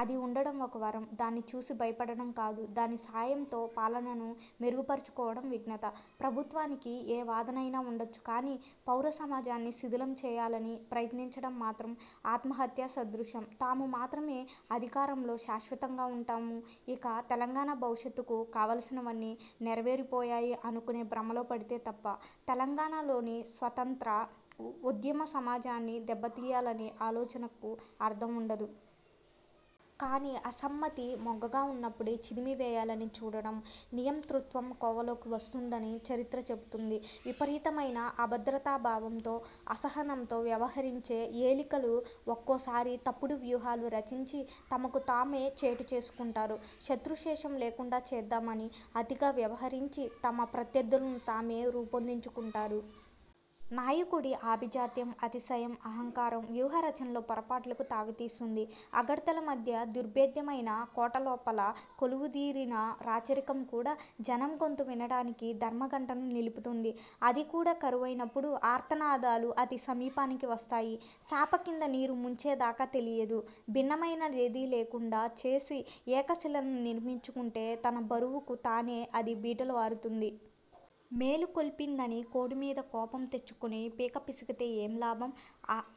అది ఉండడం ఒక వరం. దాన్ని చూసి భయపడడం కాదు, దాని సాయంతో పాలనను మెరుగుపరుచుకోవడం విజ్ఞత. ప్రభుత్వానికి ఏ వాదన అయినా ఉండవచ్చు కానీ, పౌరసమాజాన్ని శిథిలం చేయాలని ప్రయత్నించడం మాత్రం ఆత్మహత్యా సదృశం. తాము మాత్రమే అధికారంలో శాశ్వతంగా ఉంటాము, ఇక తెలంగాణ భవిష్యత్తుకు కావలసినవన్నీ నెరవేరిపోయాయి అనుకునే భ్రమలో పడితే తప్ప, తెలంగాణలోని స్వతంత్ర ఉద్యమసమాజాన్ని దెబ్బతీయాలనే ఆలోచనకు అర్థం ఉండదు. కానీ, అసమ్మతి మొగ్గగా ఉన్నప్పుడే చిదిమివేయాలని చూడడం నియంతృత్వం కోవలోకి వస్తుందని చరిత్ర చెబుతుంది. విపరీతమైన అభద్రతాభావంతో, అసహనంతో వ్యవహరించే ఏలికలు ఒక్కోసారి తప్పుడు వ్యూహాలు రచించి, తమకు తామే చేటు చేసుకుంటారు. శత్రుశేషం లేకుండా చేద్దామని అతిగా వ్యవహరించి, తమ ప్రత్యర్థులను తామే రూపొందించుకుంటారు. నాయకుడి ఆభిజాత్యం, అతిశయం, అహంకారం- వ్యూహరచనలో పొరపాట్లకు తావిస్తుంది. అగడ్తల మధ్య దుర్భేద్యమైన కోటలోపల కొలువుదీరిన రాచరికం కూడా జనం గొంతు వినడానికి ధర్మగంటను నిలుపుతుంది. అది కూడా కరువైనప్పుడు, ఆర్తనాదాలు అతి సమీపానికి వస్తాయి. చాపకింద నీరు ముంచే దాకా తెలియదు. భిన్నమైనదేదీ లేకుండా చేసి ఏకశిలను నిర్మించుకుంటే, తన బరువుకు తానే అది బీటలు వారుతుంది. మేలుకొల్పిందని కోడి మీద కోపం తెచ్చుకుని పీకపిసికితే ఏమి లాభం?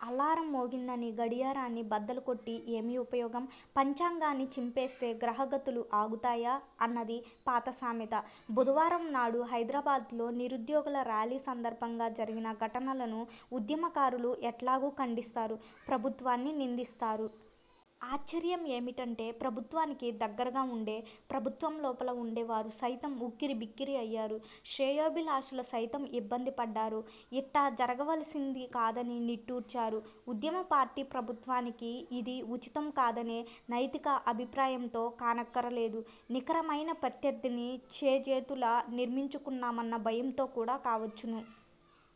అలారం మోగిందని గడియారాన్ని బద్దలుకొట్టి ఏమి ఉపయోగం? పంచాంగాన్ని చింపేస్తే గ్రహగతులు ఆగుతాయా- అన్నది పాత సామెత. బుధవారం నాడు హైదరాబాద్లో నిరుద్యోగుల ర్యాలీ సందర్భంగా జరిగిన ఘటనలను ఉద్యమకారులు ఎట్లాగూ ఖండిస్తారు, ప్రభుత్వాన్ని నిందిస్తారు. ఆశ్చర్యం ఏమిటంటే, ప్రభుత్వానికి దగ్గరగా ఉండే, ప్రభుత్వంలోపల ఉండే వారు సైతం ఉక్కిరిబిక్కిరి అయ్యారు. శ్రేయోభిలాషులు సైతం ఇబ్బందిపడ్డారు. ఇట్లా జరగవలసింది కాదని నిట్టూర్చారు. ఉద్యమపార్టీ ప్రభుత్వానికి ఇది ఉచితం కాదనే నైతిక అభిప్రాయంతో కానక్కరలేదు, నికరమైన ప్రత్యర్థిని చేజేతులా నిర్మించుకున్నామన్న భయంతో కూడా కావచ్చును.